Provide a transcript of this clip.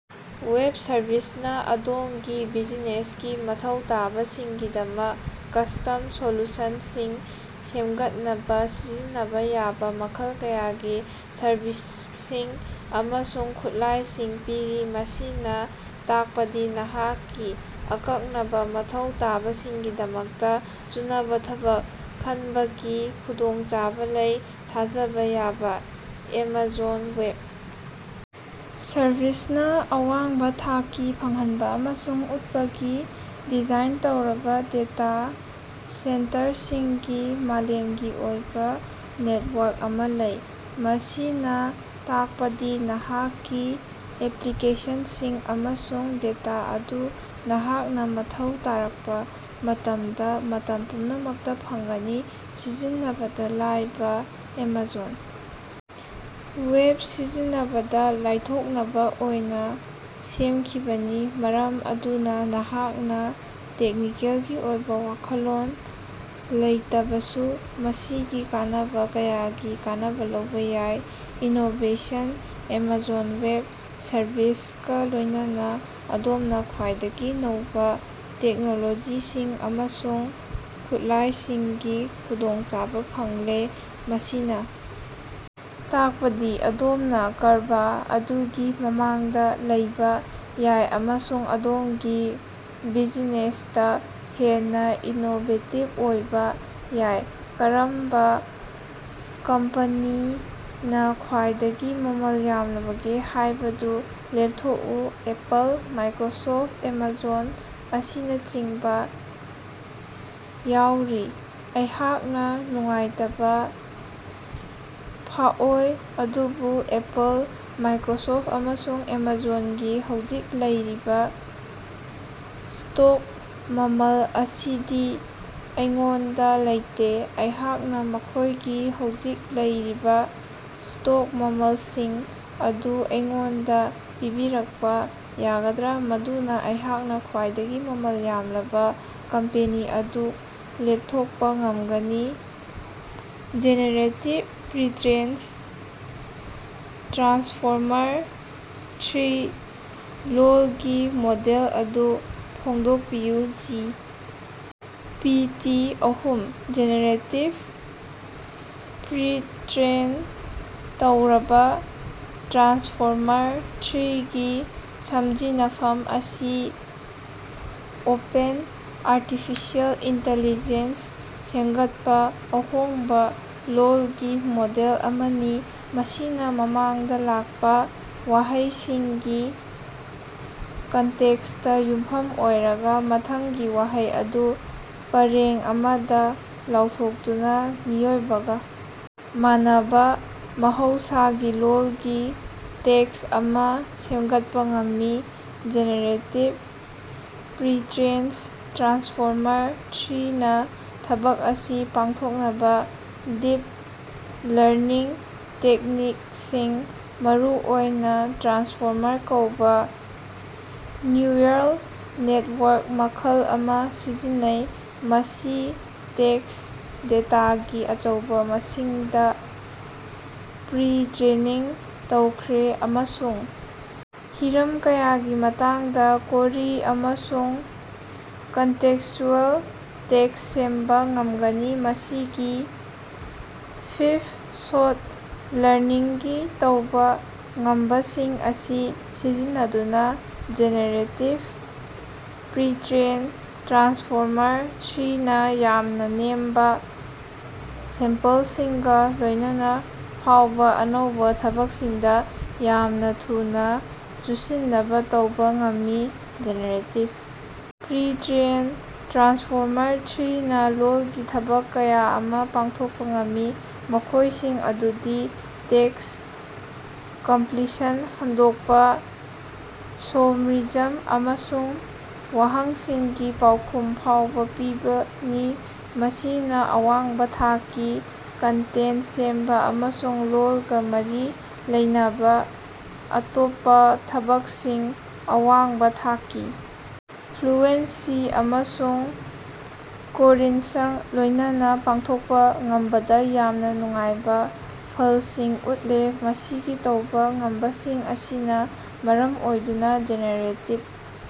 Web service ꯅ ꯑꯗꯣꯝꯒꯤ ꯕꯤꯖꯤꯅꯦꯁꯀꯤ ꯃꯊꯧ ꯇꯥꯕꯁꯤꯡꯒꯤꯗꯃꯛ ꯀꯁ꯭ꯇꯝ ꯁꯣꯂꯨꯁꯟꯁꯤꯡ ꯁꯦꯝꯒꯠꯅꯕ ꯁꯤꯖꯤꯟꯅꯕ ꯌꯥꯕ ꯃꯈꯜ ꯀꯌꯥꯒꯤ ꯁꯔꯕꯤꯁꯁꯤꯡ ꯑꯃꯁꯨꯡ ꯈꯨꯠꯂꯥꯏꯁꯤꯡ ꯄꯤꯔꯤ꯫ ꯃꯁꯤꯅ ꯇꯥꯛꯄꯗꯤ ꯅꯍꯥꯛꯀꯤ ꯑꯀꯛꯅꯕ ꯃꯊꯧ ꯇꯥꯕꯁꯤꯡꯒꯤꯗꯃꯛꯇ ꯆꯨꯅꯕ ꯊꯕꯛ ꯈꯟꯕꯒꯤ ꯈꯨꯗꯣꯡꯆꯥꯕ ꯂꯩ꯫ ꯊꯥꯖꯕ ꯌꯥꯕ: ꯑꯦꯃꯥꯖꯣꯟ ꯋꯦꯕ ꯁꯔꯚꯤꯁ ꯅ ꯑꯋꯥꯡꯕ ꯊꯥꯛꯀꯤ ꯐꯪꯍꯟꯕ ꯑꯃꯁꯨꯡ ꯎꯠꯄꯒꯤ ꯗꯤꯖꯥꯏꯟ ꯇꯧꯔꯕ ꯗꯦꯇꯥ ꯁꯦꯟꯇꯔꯁꯤꯡꯒꯤ ꯃꯥꯂꯦꯝꯒꯤ ꯑꯣꯏꯕ ꯅꯦꯠꯋꯥꯔꯛ ꯑꯃ ꯂꯩ꯫ ꯃꯁꯤꯅ ꯇꯥꯛꯄꯗꯤ ꯅꯍꯥꯛꯀꯤ ꯑꯦꯄ꯭ꯂꯤꯀꯦꯁꯟꯁꯤꯡ ꯑꯃꯁꯨꯡ ꯗꯦꯇꯥ ꯑꯗꯨ ꯅꯍꯥꯛꯅ ꯃꯊꯧ ꯇꯥꯔꯛꯄ ꯃꯇꯝꯗ ꯃꯇꯝ ꯄꯨꯝꯅꯃꯛꯇ ꯐꯪꯒꯅꯤ꯫ ꯁꯤꯖꯤꯟꯅꯕꯗ ꯂꯥꯏꯕ: ꯑꯦꯃꯥꯖꯣꯟ ꯋꯦꯕ ꯁꯤꯖꯤꯟꯅꯕꯗ ꯂꯥꯏꯊꯣꯛꯅꯕ ꯑꯣꯏꯅ ꯁꯦꯝꯈꯤꯕꯅꯤ, ꯃꯔꯝ ꯑꯗꯨꯅ ꯅꯍꯥꯛꯅ ꯇꯦꯛꯅꯤꯀꯦꯜꯒꯤ ꯑꯣꯏꯕ ꯋꯥꯈꯜꯂꯣꯟ ꯂꯩꯇꯕꯁꯨ ꯃꯁꯤꯒꯤ ꯀꯥꯟꯅꯕ ꯀꯌꯥꯒꯤ ꯀꯥꯟꯅꯕ ꯂꯧꯕ ꯌꯥꯏ꯫ ꯏꯅꯣꯕꯦꯁꯟ: ꯑꯦꯃꯥꯖꯣꯟ ꯋꯦꯕ ꯁꯔꯕꯤꯁ ꯀ ꯂꯣꯏꯅꯅ ꯑꯗꯣꯝꯅ ꯈ꯭ꯋꯥꯏꯗꯒꯤ ꯅꯧꯕ ꯇꯦꯛꯅꯣꯂꯣꯖꯤꯁꯤꯡ ꯑꯃꯁꯨꯡ ꯈꯨꯠꯂꯥꯏꯁꯤꯡꯒꯤ ꯈꯨꯗꯣꯡꯆꯥꯕ ꯐꯪꯂꯦ, ꯃꯁꯤꯅ ꯇꯥꯛꯄꯗꯤ ꯑꯗꯣꯝꯅ ꯀꯔꯕ ꯑꯗꯨꯒꯤ ꯃꯃꯥꯡꯗ ꯂꯩꯕ ꯌꯥꯏ ꯑꯃꯁꯨꯡ ꯑꯗꯣꯝꯒꯤ ꯕꯤꯖꯤꯅꯦꯁꯇ ꯍꯦꯟꯅ ꯏꯅꯣꯕꯦꯇꯤꯕ ꯑꯣꯏꯕ ꯌꯥꯏ꯫ ꯀꯔꯝꯕ ꯀꯝꯄꯅꯤꯅꯥ ꯈ꯭ꯋꯥꯏꯗꯒꯤ ꯃꯃꯜ ꯌꯥꯝꯂꯕꯒꯦ ꯍꯥꯏꯕꯗꯨ ꯂꯦꯞꯊꯣꯛꯎ꯫ ꯑꯦꯄꯜ, ꯃꯥꯏꯀ꯭ꯔꯣꯁꯣꯐ, ꯑꯦꯃꯥꯖꯣꯟ ꯑꯁꯤꯅꯆꯤꯡꯕꯥ ꯌꯥꯑꯣꯔꯤ꯫ ꯑꯩꯍꯥꯛꯅꯥ ꯅꯨꯡꯉꯥꯏꯇꯕꯥ ꯐꯥꯑꯣꯏ, ꯑꯗꯨꯕꯨ ꯑꯦꯄꯜ, ꯃꯥꯏꯛꯔꯣꯁꯣꯐꯠ, ꯑꯃꯁꯨꯡ ꯑꯦꯃꯥꯖꯣꯟꯒꯤ ꯍꯧꯖꯤꯛ ꯂꯩꯔꯤꯕ ꯁ꯭ꯇꯣꯛ ꯃꯃꯜ ꯑꯁꯤꯗꯤ ꯑꯩꯉꯣꯟꯗ ꯂꯩꯇꯦ꯫ ꯑꯩꯍꯥꯛꯅ ꯃꯈꯣꯏꯒꯤ ꯍꯧꯖꯤꯛ ꯂꯩꯔꯤꯕ ꯁ꯭ꯇꯣꯛ ꯃꯃꯜꯁꯤꯡ ꯑꯗꯨ ꯑꯩꯉꯣꯟꯗ ꯄꯤꯕꯤꯔꯛꯄ ꯌꯥꯒꯗ꯭ꯔꯥ ꯃꯗꯨꯅ ꯑꯩꯍꯥꯛꯅ ꯈ꯭ꯋꯥꯏꯗꯒꯤ ꯃꯃꯜ ꯌꯥꯝꯂꯕ ꯀꯝꯄꯦꯅꯤ ꯑꯗꯨ ꯂꯦꯞꯊꯣꯛꯄ ꯉꯝꯒꯅꯤ꯫ ꯖꯦꯅꯦꯔꯦꯇꯤꯕ ꯄ꯭ꯔꯤꯇ꯭ꯔꯦꯏꯟ ꯇ꯭ꯔꯥꯟꯁꯐꯣꯔꯃꯔ-ꯊ꯭ꯔꯤ ꯂꯣꯜꯒꯤ ꯃꯣꯗꯦꯜ ꯑꯗꯨ ꯐꯣꯡꯗꯣꯛꯄꯤꯌꯨ꯫ ꯖꯤ. ꯄꯤ. ꯇꯤ. ꯑꯍꯨꯝ (ꯖꯦꯅꯦꯔꯦꯇꯤꯕ ꯄ꯭ꯔꯤꯠꯔꯦꯏꯟ ꯇꯧꯔꯕ ꯇ꯭ꯔꯥꯟꯁꯐꯣꯔꯃꯔ - ꯊ꯭ꯔꯤꯒꯤ ꯁꯝꯖꯤꯟꯅꯐꯝ) ꯑꯁꯤ ꯑꯣꯄꯦꯟ ꯑꯥꯔꯇꯤꯐꯤꯁꯦꯜ ꯏꯟꯇꯦꯂꯤꯖꯦꯟꯠ ꯁꯦꯝꯒꯠꯄ ꯑꯍꯣꯡꯕ ꯂꯣꯜꯒꯤ ꯃꯣꯗꯦꯜ ꯑꯃꯅꯤ꯫ ꯃꯁꯤꯅ ꯃꯃꯥꯡꯗ ꯂꯥꯛꯄ ꯋꯥꯍꯩꯁꯤꯡꯒꯤ ꯀꯟꯇꯦꯛꯁꯇ ꯌꯨꯝꯐꯝ ꯑꯣꯏꯔꯒ ꯃꯊꯪꯒꯤ ꯋꯥꯍꯩ ꯑꯗꯨ ꯄꯔꯦꯡ ꯑꯃꯗ ꯂꯥꯎꯊꯣꯛꯇꯨꯅ ꯃꯤꯑꯣꯏꯕꯒ ꯃꯥꯟꯅꯕ ꯃꯍꯧꯁꯥꯒꯤ ꯂꯣꯜꯒꯤ ꯇꯦꯛꯁ ꯑꯃ ꯁꯦꯟꯒꯠꯄ ꯉꯝꯃꯤ꯫ ꯖꯦꯅꯦꯔꯦꯇꯤꯕ ꯄ꯭ꯔꯤꯇ꯭ꯔꯦꯏꯟ ꯇ꯭ꯔꯥꯟꯁꯐꯣꯔꯃꯔ-ꯊ꯭ꯔꯤ ꯅ ꯊꯕꯛ ꯑꯁꯤ ꯄꯥꯡꯊꯣꯛꯅꯕ ꯗꯤꯞ ꯂꯔꯅꯤꯡ ꯇꯦꯛꯅꯤꯛꯁꯤꯡ ꯃꯔꯨꯑꯣꯏꯅ ꯇ꯭ꯔꯥꯟꯁꯐꯣꯔꯃꯔ ꯀꯧꯕ ꯅ꯭ꯌꯨꯔꯜ ꯅꯦꯇꯋꯥꯔꯛ ꯃꯈꯜ ꯑꯃ ꯁꯤꯖꯤꯟꯅꯩ꯫ ꯃꯁꯤ ꯇꯦꯛꯁ ꯗꯦꯇꯥꯒꯤ ꯑꯆꯧꯕ ꯃꯁꯤꯡꯗ ꯄ꯭ꯔꯤ-ꯇ꯭ꯔꯦꯅꯤꯡ ꯇꯧꯈ꯭ꯔꯦ ꯑꯃꯁꯨꯡ ꯍꯤꯔꯝ ꯀꯌꯥꯒꯤ ꯃꯇꯥꯡꯗ ꯀꯣꯔꯤ ꯑꯃꯁꯨꯡ ꯀꯟꯇꯦꯛꯁꯆꯨꯑꯦꯜ ꯇꯦꯛꯁ ꯁꯦꯝꯕ ꯉꯝꯒꯅꯤ꯫ ꯃꯁꯤꯒꯤ ꯐꯤꯚ-ꯁꯣꯠ ꯂꯔꯅꯤꯡꯒꯤ ꯇꯧꯕ ꯉꯝꯕꯁꯤꯡ ꯑꯁꯤ ꯁꯤꯖꯤꯟꯅꯗꯨꯅ ꯖꯦꯅꯦꯔꯦꯇꯤꯕ ꯄ꯭ꯔꯤꯇ꯭ꯔꯦꯏꯟ ꯇ꯭ꯔꯥꯟꯁꯐꯣꯔꯃꯔ-ꯊ꯭ꯔꯤ ꯅ ꯌꯥꯝꯅ ꯅꯦꯝꯕ ꯁꯦꯝꯄꯜꯁꯤꯡꯒ ꯂꯣꯏꯅꯅ ꯐꯥꯎꯕ ꯑꯅꯧꯕ ꯊꯕꯛꯁꯤꯡꯗ ꯌꯥꯝꯅ ꯊꯨꯅ ꯆꯨꯁꯤꯟꯅꯅꯕ ꯇꯧꯕ ꯉꯝꯃꯤ꯫ ꯖꯦꯅꯦꯔꯦꯇꯤꯕ ꯄ꯭ꯔꯤꯇ꯭ꯔꯦꯏꯟ ꯇ꯭ꯔꯥꯟꯁꯐꯣꯔꯃꯔ-ꯊ꯭ꯔꯤ ꯅ ꯂꯣꯜꯒꯤ ꯊꯕꯛ ꯀꯌꯥ ꯑꯃ ꯄꯥꯡꯊꯣꯛꯄ ꯉꯝꯃꯤ, ꯃꯈꯣꯏꯁꯤꯡ ꯑꯗꯨꯗꯤ ꯇꯦꯛꯁ ꯀꯝꯄ꯭ꯂꯤꯁꯟ, ꯍꯟꯗꯣꯛꯄ, ꯁꯣꯃꯔꯤꯖꯝ, ꯑꯃꯁꯨꯡ ꯋꯥꯍꯪꯁꯤꯡꯒꯤ ꯄꯥꯎꯈꯨꯝ ꯐꯥꯎꯕ ꯄꯤꯕꯅꯤ꯫ ꯃꯁꯤꯅ ꯑꯋꯥꯡꯕ ꯊꯥꯛꯀꯤ ꯀꯟꯇꯦꯟ ꯁꯦꯝꯕ ꯑꯃꯁꯨꯡ ꯂꯣꯜꯒ ꯃꯔꯤ ꯂꯩꯅꯕ ꯑꯇꯣꯞꯄ ꯊꯕꯛꯁꯤꯡ ꯑꯋꯥꯡꯕ ꯊꯥꯛꯀꯤ ꯐ꯭ꯂꯨꯑꯦꯟꯁꯤ ꯑꯃꯁꯨꯡ ꯀꯣꯔꯤꯟꯁꯀ ꯂꯣꯏꯅꯅ ꯄꯥꯡꯊꯣꯛꯄ ꯉꯝꯕꯗ ꯌꯥꯝꯅ ꯅꯨꯡꯉꯥꯏꯕ ꯐꯜꯁꯤꯡ ꯎꯠꯂꯦ꯫ ꯃꯁꯤꯒꯤ ꯇꯧꯕ ꯉꯝꯕꯁꯤꯡ ꯑꯁꯤꯅ ꯃꯔꯝ ꯑꯣꯏꯗꯨꯅ ꯖꯦꯅꯦꯔꯦꯇꯤꯕ꯫